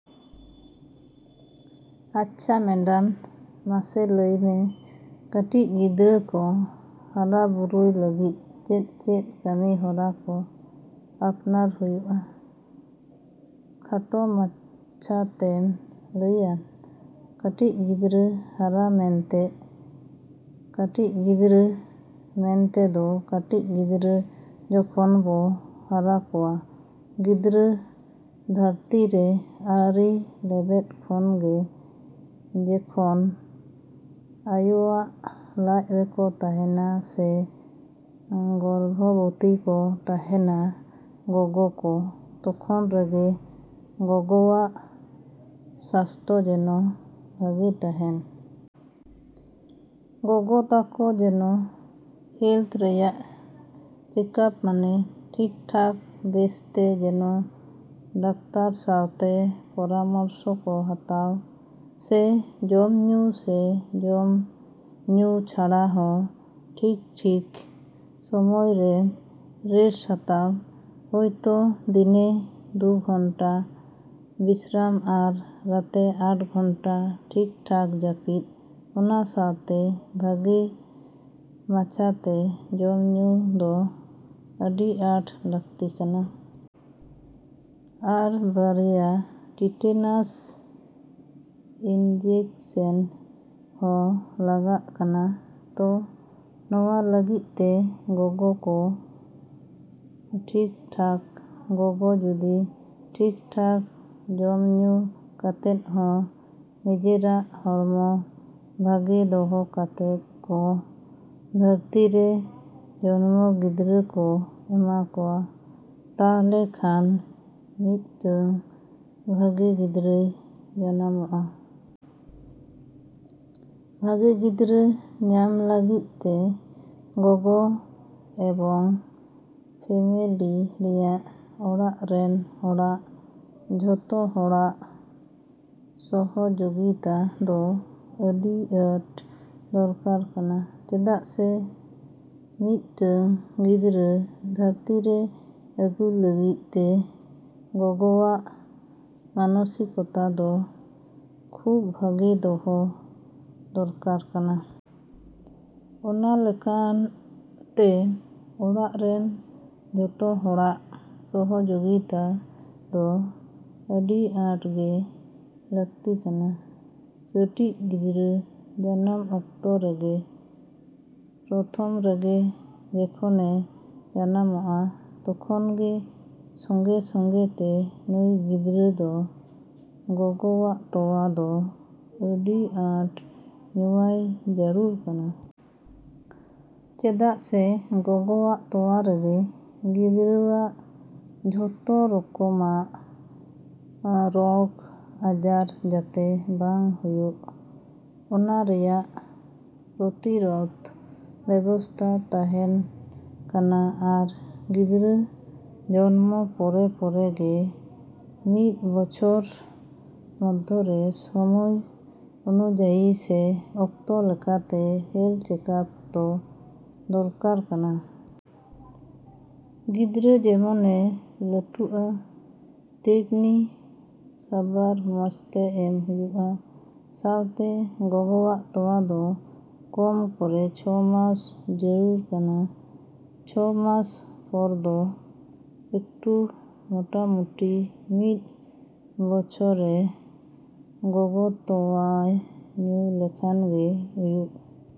ᱟᱪᱪᱷᱟ ᱢᱮᱰᱟᱢ, ᱢᱟᱥᱮ ᱞᱟᱹᱭ ᱢᱮ ᱠᱟᱹᱴᱤᱡ ᱜᱤᱫᱽᱨᱟᱹ ᱠᱚ ᱦᱟᱨᱟ ᱵᱩᱨᱩᱭ ᱞᱟᱹᱜᱤᱫ ᱪᱮᱫᱼᱪᱮᱫ ᱠᱟᱹᱢᱤ ᱦᱚᱨᱟ ᱠᱚ ᱟᱯᱱᱟᱨ ᱦᱩᱭᱩᱜᱼᱟ? ᱠᱷᱟᱴᱚ ᱢᱟᱪᱷᱟᱛᱮᱢ ᱞᱟᱹᱭᱟ? ᱠᱟᱹᱴᱤᱡ ᱜᱤᱫᱽᱨᱟᱹ ᱦᱟᱨᱟ ᱢᱮᱱᱛᱮ, ᱠᱟᱹᱴᱤᱡ ᱜᱤᱫᱽᱨᱟᱹ ᱢᱮᱱᱛᱮᱫᱚ ᱠᱟᱹᱴᱤᱡ ᱜᱤᱫᱽᱨᱟᱹ ᱡᱚᱠᱷᱚᱱ ᱵᱚ ᱦᱟᱨᱟ ᱠᱚᱣᱟ, ᱜᱤᱫᱽᱨᱟᱹ ᱫᱷᱟᱹᱨᱛᱤ ᱨᱮ ᱟᱣᱨᱤ ᱞᱮᱵᱮᱫ ᱠᱷᱚᱱ ᱜᱮ ᱡᱮᱠᱷᱚᱱ ᱟᱭᱚᱣᱟᱼᱜ ᱞᱟᱡ ᱨᱮᱠᱚ ᱛᱟᱦᱮᱱᱟ ᱥᱮ ᱜᱚᱨᱵᱷᱚᱵᱚᱛᱤ ᱠᱚ ᱛᱟᱦᱮᱱᱟ ᱜᱚᱜᱚ ᱠᱚ, ᱛᱚᱠᱷᱚᱱ ᱨᱮᱜᱮ ᱜᱚᱜᱚᱣᱟᱜ ᱥᱟᱥᱛᱚ ᱡᱮᱱᱚ ᱵᱷᱟᱜᱮ ᱛᱟᱦᱮᱱ᱾ ᱜᱚᱜᱚ ᱛᱟᱠᱚ ᱡᱮᱱᱚ ᱦᱮᱞᱛᱷ ᱨᱮᱭᱟᱜ ᱪᱮᱠᱟᱯ ᱢᱟᱱᱮ ᱴᱷᱤᱠ ᱴᱷᱟᱠ ᱵᱮᱥᱛᱮ ᱡᱮᱱᱚ ᱰᱟᱠᱛᱟᱨ ᱥᱟᱶᱛᱮ ᱯᱚᱨᱟᱢᱚᱨᱥᱚ ᱠᱚ ᱦᱟᱛᱟᱣ, ᱥᱮ ᱡᱚᱢ ᱧᱩ ᱥᱮ ᱡᱚᱢ ᱧᱩ ᱪᱷᱟᱲᱟ ᱦᱚᱸ ᱴᱷᱤᱠ ᱴᱷᱤᱠ ᱥᱚᱢᱚᱭ ᱨᱮ ᱨᱮᱥᱴ ᱦᱟᱛᱟᱣ, ᱦᱚᱭᱛᱚ ᱫᱤᱱᱮ ᱫᱩ ᱜᱷᱚᱱᱴᱟ ᱵᱤᱥᱨᱟᱢ ᱟᱨ ᱨᱟᱛᱮ ᱟᱴ ᱜᱷᱚᱱᱴᱟ ᱴᱷᱤᱠ ᱴᱷᱟᱠ ᱡᱟᱹᱯᱤᱫ, ᱚᱱᱟ ᱥᱟᱶᱛᱮ ᱵᱷᱟᱜᱮ ᱢᱟᱪᱷᱟᱛᱮ ᱡᱚᱢ ᱧᱩ ᱫᱚ ᱟᱹᱰᱤ ᱟᱸᱴ ᱞᱟᱠᱛᱤ ᱠᱟᱱᱟ᱾ ᱟᱨ ᱵᱟᱨᱭᱟ ᱴᱤᱴᱮᱱᱟᱥ ᱤᱱᱡᱮᱠᱥᱮᱱ ᱦᱚᱸ ᱞᱟᱜᱟᱜ ᱠᱟᱱᱟ᱾ ᱛᱚ ᱱᱚᱣᱟ ᱞᱟᱹᱜᱤᱫ ᱛᱮ ᱜᱚᱜᱚ ᱠᱚ ᱴᱷᱤᱠ ᱴᱷᱟᱠ, ᱜᱚᱜᱚ ᱡᱩᱫᱤ ᱴᱷᱤᱠ ᱴᱷᱟᱠ ᱡᱚᱢ ᱧᱩ ᱠᱟᱛᱮᱫ ᱦᱚᱸ ᱱᱤᱡᱮᱨᱟᱜ ᱦᱚᱲᱢᱚ ᱵᱷᱟᱜᱮ ᱫᱚᱦᱚ ᱠᱟᱛᱮᱫ ᱠᱚ ᱫᱷᱟᱹᱨᱛᱤ ᱨᱮ ᱡᱚᱱᱢᱚ ᱜᱤᱫᱽᱨᱟᱹ ᱠᱚ ᱮᱢᱟ ᱠᱚᱣᱟ, ᱛᱟᱦᱞᱮ ᱠᱷᱟᱱ ᱢᱤᱫᱴᱟᱹᱝ ᱵᱷᱟᱜᱮ ᱜᱤᱫᱽᱨᱟᱹᱭ ᱡᱟᱱᱟᱢᱚᱜᱼᱟ᱾ ᱵᱷᱟᱜᱮ ᱜᱤᱫᱽᱨᱟᱹ ᱧᱟᱢ ᱞᱟᱹᱜᱤᱫ ᱛᱮ ᱜᱚᱜᱚ ᱮᱵᱚᱝ ᱯᱷᱮᱢᱮᱞᱤ ᱨᱮᱭᱟᱜ ᱚᱲᱟᱜ ᱨᱮᱱ ᱦᱚᱲᱟᱜ ᱡᱷᱚᱛᱚ ᱦᱚᱲᱟᱜ ᱥᱚᱦᱚᱡᱚᱜᱤᱛᱟ ᱫᱚ ᱟᱹᱰᱤ ᱟᱸᱴ ᱫᱚᱨᱠᱟᱨ ᱠᱟᱱᱟ᱾ ᱪᱮᱫᱟᱜ ᱥᱮ ᱢᱤᱫᱴᱟᱹᱝ ᱜᱤᱫᱽᱨᱟᱹ ᱫᱷᱟᱹᱨᱛᱤ ᱨᱮ ᱟᱹᱜᱩ ᱞᱟᱹᱜᱤᱫ ᱛᱮ ᱜᱚᱜᱚᱣᱟᱜ ᱢᱟᱱᱚᱥᱤᱠᱚᱛᱟ ᱫᱚ ᱠᱷᱩᱵᱽ ᱵᱷᱟᱜᱮ ᱫᱚᱦᱚ ᱫᱚᱨᱠᱟᱨ ᱠᱟᱱᱟ᱾ ᱚᱱᱟ ᱞᱮᱠᱟᱱ ᱛᱮ ᱚᱲᱟᱜ ᱨᱮᱱ ᱡᱷᱚᱛᱚ ᱦᱚᱲᱟᱜ ᱥᱚᱦᱚᱡᱚᱜᱤᱛᱟ ᱫᱚ ᱟᱹᱰᱤ ᱟᱸᱴ ᱜᱮ ᱞᱟᱠᱛᱤ ᱠᱟᱱᱟ᱾ ᱠᱟᱹᱴᱤᱡ ᱜᱤᱫᱽᱨᱟᱹ ᱡᱟᱱᱟᱢ ᱚᱠᱛᱚ ᱨᱮᱜᱮ ᱯᱨᱚᱛᱷᱚᱢ ᱨᱮᱜᱮ ᱡᱮᱠᱷᱚᱱᱮ ᱡᱟᱱᱟᱢᱚᱜᱼᱟ, ᱛᱚᱠᱷᱚᱱ ᱜᱮ ᱥᱚᱸᱜᱮᱼᱥᱚᱸᱜᱮ ᱛᱮ ᱱᱩᱭ ᱜᱤᱫᱽᱨᱟᱹ ᱫᱚ ᱜᱚᱜᱚᱣᱟᱜ ᱛᱚᱣᱟ ᱫᱚ ᱟᱹᱰᱤ ᱟᱸᱴ ᱧᱩᱣᱟᱭ ᱡᱟᱹᱨᱩᱲ ᱠᱟᱱᱟ᱾ ᱪᱮᱫᱟᱜ ᱥᱮ ᱜᱚᱜᱚᱣᱟᱜ ᱛᱚᱣᱟ ᱨᱮᱜᱮ ᱜᱤᱫᱽᱨᱟᱹᱣᱟᱜ ᱡᱷᱚᱛᱚ ᱨᱚᱠᱚᱢᱟᱜ ᱨᱚᱜᱽ ᱟᱡᱟᱨ ᱡᱟᱛᱮ ᱵᱟᱝ ᱦᱩᱭᱩᱜ, ᱚᱱᱟ ᱨᱮᱭᱟᱜ ᱯᱨᱚᱛᱤᱨᱚᱫᱷ ᱵᱮᱵᱚᱥᱛᱷᱟ ᱛᱟᱦᱮᱱ ᱠᱟᱱᱟ ᱟᱨ ᱜᱤᱫᱽᱨᱟᱹ ᱡᱚᱱᱢᱚ ᱯᱚᱨᱮᱼᱯᱚᱨᱮ ᱜᱮ ᱢᱤᱫ ᱵᱚᱪᱷᱚᱨ ᱢᱚᱫᱷᱭᱚ ᱨᱮ ᱥᱚᱢᱚᱭ ᱚᱱᱩᱡᱟᱭᱤ ᱥᱮ ᱚᱠᱛᱚ ᱞᱮᱠᱟᱛᱮ ᱦᱮᱞᱛᱷ ᱪᱮᱠᱟᱯ ᱫᱚ ᱫᱚᱨᱠᱟᱨ ᱠᱟᱱᱟ᱾ ᱜᱤᱫᱽᱨᱟᱹ ᱡᱮᱢᱚᱱᱮ ᱞᱟᱹᱴᱩᱜᱼᱟ ᱛᱮᱢᱱᱤ ᱠᱷᱟᱵᱟᱨ ᱢᱚᱡᱽ ᱛᱮ ᱮᱢ ᱦᱩᱭᱩᱜᱼᱟ, ᱥᱟᱶᱛᱮ ᱜᱚᱜᱚᱣᱟᱜ ᱛᱚᱣᱟ ᱫᱚ ᱠᱚᱢ ᱠᱚᱨᱮ ᱪᱷᱚ ᱢᱟᱥ ᱡᱟᱹᱨᱩᱲ ᱠᱟᱱᱟ᱾ ᱪᱷᱚ ᱢᱟᱥ ᱯᱚᱨ ᱫᱚ ᱮᱠᱴᱩ ᱢᱚᱴᱟᱼᱢᱩᱴᱤ ᱢᱤᱫ ᱵᱚᱪᱷᱚᱨᱮ ᱜᱚᱜᱚ ᱛᱚᱣᱟᱭ ᱧᱩ ᱞᱮᱠᱷᱟᱱ ᱜᱮ ᱦᱩᱭᱩᱜ᱾